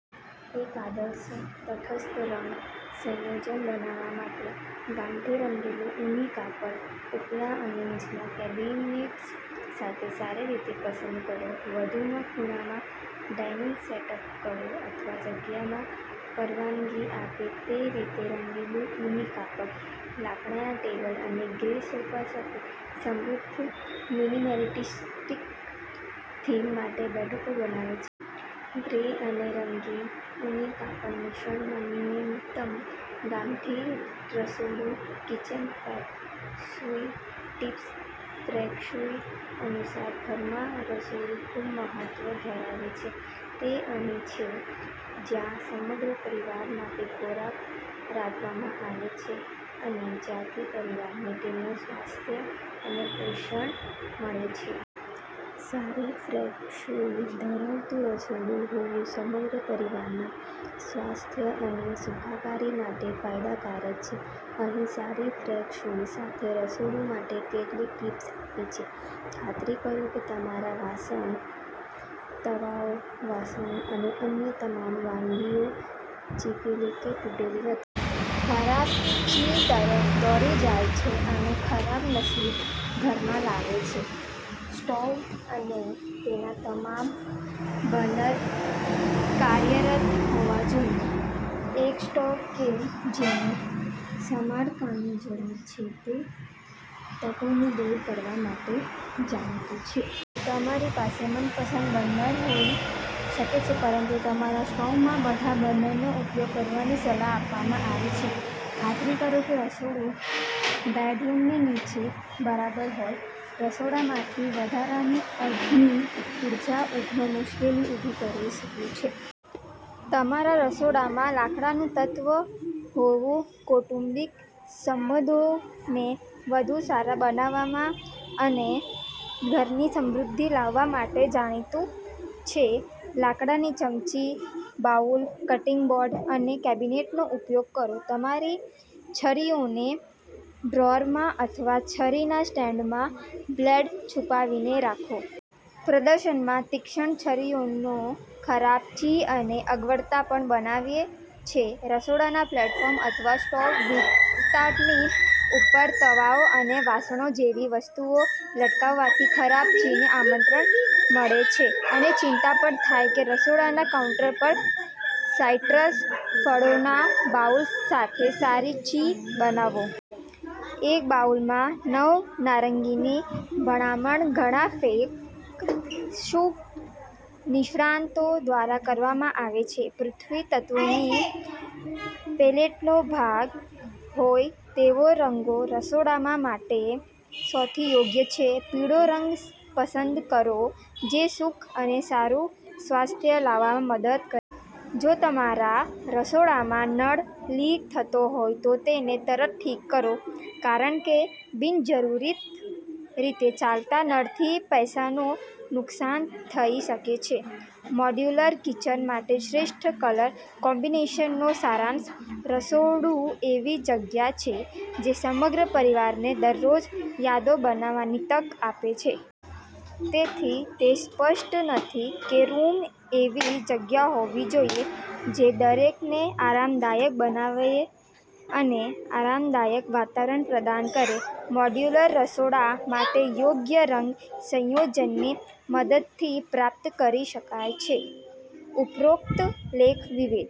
એક આદર્શ તટસ્થ રંગ સંયોજન બનાવવા માટે ગામઠીરંગેલું ઊની કાપડ ઉપલા અને નીચલા કેબિનેટ્સ સાથે સારી રીતે પસંદ કરો. વધુમાં, ખૂણામાં ડાઇનિંગ સેટઅપ કરો અથવા જગ્યામાં પરવાનગી આપે તે રીતેરંગેલું ઊની કાપડ લાકડાના ટેબલ અને ગ્રે સોફા સાથે સમૃદ્ધ મિનિમેલિસ્ટિક થીમ માટે બેઠકો બનાવો. ગ્રે અને રંગીન ઊની કાપડ મિશ્રણમાં ન્યૂનતમ, ગામઠી રસોડું kitchen feng shui tips feng shui અનુસાર ઘરમાં રસોડું ખૂબ મહત્વ ધરાવે છે. તે અહીં છે જ્યાં સમગ્ર પરિવાર માટે ખોરાક રાંધવામાં આવે છે અને જ્યાંથી પરિવારને તેમનું સ્વાસ્થ્ય અને પોષણ મળે છે. સારી ફેંગશુઈ ધરાવતું રસોડું હોવુંસમગ્ર પરિવારના સ્વાસ્થ્ય અને સુખાકારી માટે ફાયદાકારક છે. અહીં સારી ફેંગ શુઇ સાથે રસોડું માટે કેટલીક ટીપ્સ આપી છે- ખાતરી કરો કે તમારા વાસણ, તવાઓ, વાસણો અને અન્ય તમામ વાનગીઓ ચીપેલી કે તૂટેલી નથી. ખરાબ ચી તરફ દોરી જાય છે અને ખરાબ નસીબ ઘરમાં લાવે છે. સ્ટોવ અને તેના તમામ બર્નર કાર્યરત હોવા જોઈએ. એક સ્ટોવ કે જેને સમારકામની જરૂર છે તે તકોને દૂર કરવા માટે જાણીતું છે. તમારી પાસે મનપસંદ બર્નર હોઈ શકે છે, પરંતુ તમારા સ્ટોવમાં બધા બર્નરનો ઉપયોગ કરવાની સલાહ આપવામાં આવે છે. ખાતરી કરો કે રસોડું બેડરૂમની નીચે બરાબરહોય. રસોડામાંથી વધારાની અગ્નિ ઉર્જા ઊંઘમાં મુશ્કેલી ઊભી કરી શકે છે. તમારા રસોડામાં લાકડાનું તત્વ હોવુંકૌટુંબિક સંબંધોને વધુ સારા બનાવવામાં અને ઘરની સમૃદ્ધિ લાવવા માટે જાણીતું છે. લાકડાના ચમચી, બાઉલ, કટિંગ બોર્ડ અને કેબિનેટનો ઉપયોગ કરો. તમારી છરીઓને ડ્રોઅરમાં અથવા છરીના સ્ટેન્ડમાં બ્લેડ છુપાવીને રાખો. પ્રદર્શનમાં તીક્ષ્ણ છરીઓ ખરાબ ચી અને અગવડતા પણ બનાવે છે. રસોડાના પ્લેટફોર્મ અથવા સ્ટોવ વિસ્તારની ઉપર તવાઓ અને વાસણો જેવી વસ્તુઓ લટકાવવાથી ખરાબ ચીને આમંત્રણ મળે છે અને ચિંતા પણ થાય છે. રસોડાના કાઉન્ટર પર સાઇટ્રસ ફળોના બાઉલ સાથે સારી ચી બનાવો. એક બાઉલમાં નવ નારંગીની ભલામણ ઘણા ફેંગ શુઇ નિષ્ણાતો દ્વારા કરવામાં આવે છે. પૃથ્વી તત્વોની પેલેટનો ભાગ હોય તેવા રંગો રસોડા માટે સૌથી યોગ્ય છે. પીળો રંગ પસંદ કરો જે સુખ અને સારું સ્વાસ્થ્ય લાવવામાં મદદ કરે છે. જો તમારા રસોડામાં નળ લીક થતો હોય તો તેને તરત ઠીક કરો, કારણ કે બિનજરૂરી રીતે ચાલતા નળથી પૈસાનું નુકસાન થઈ શકે છે. મોડ્યુલર કિચન માટે શ્રેષ્ઠ કલર કોમ્બિનેશનનો સારાંશ રસોડુંએવી જગ્યા છે જે સમગ્ર પરિવારને દરરોજ યાદો બનાવવાની તક આપે છે. તેથી, તે સ્પષ્ટ નથી કેરૂમ એવી જગ્યા હોવી જોઈએ જે દરેકને આરામદાયક બનાવે અને આરામદાયક વાતાવરણ પ્રદાન કરે. મોડ્યુલર રસોડા માટે યોગ્ય રંગ સંયોજનની મદદથીપ્રાપ્ત કરી શકાય છે. ઉપરોક્ત લેખ વિવિધ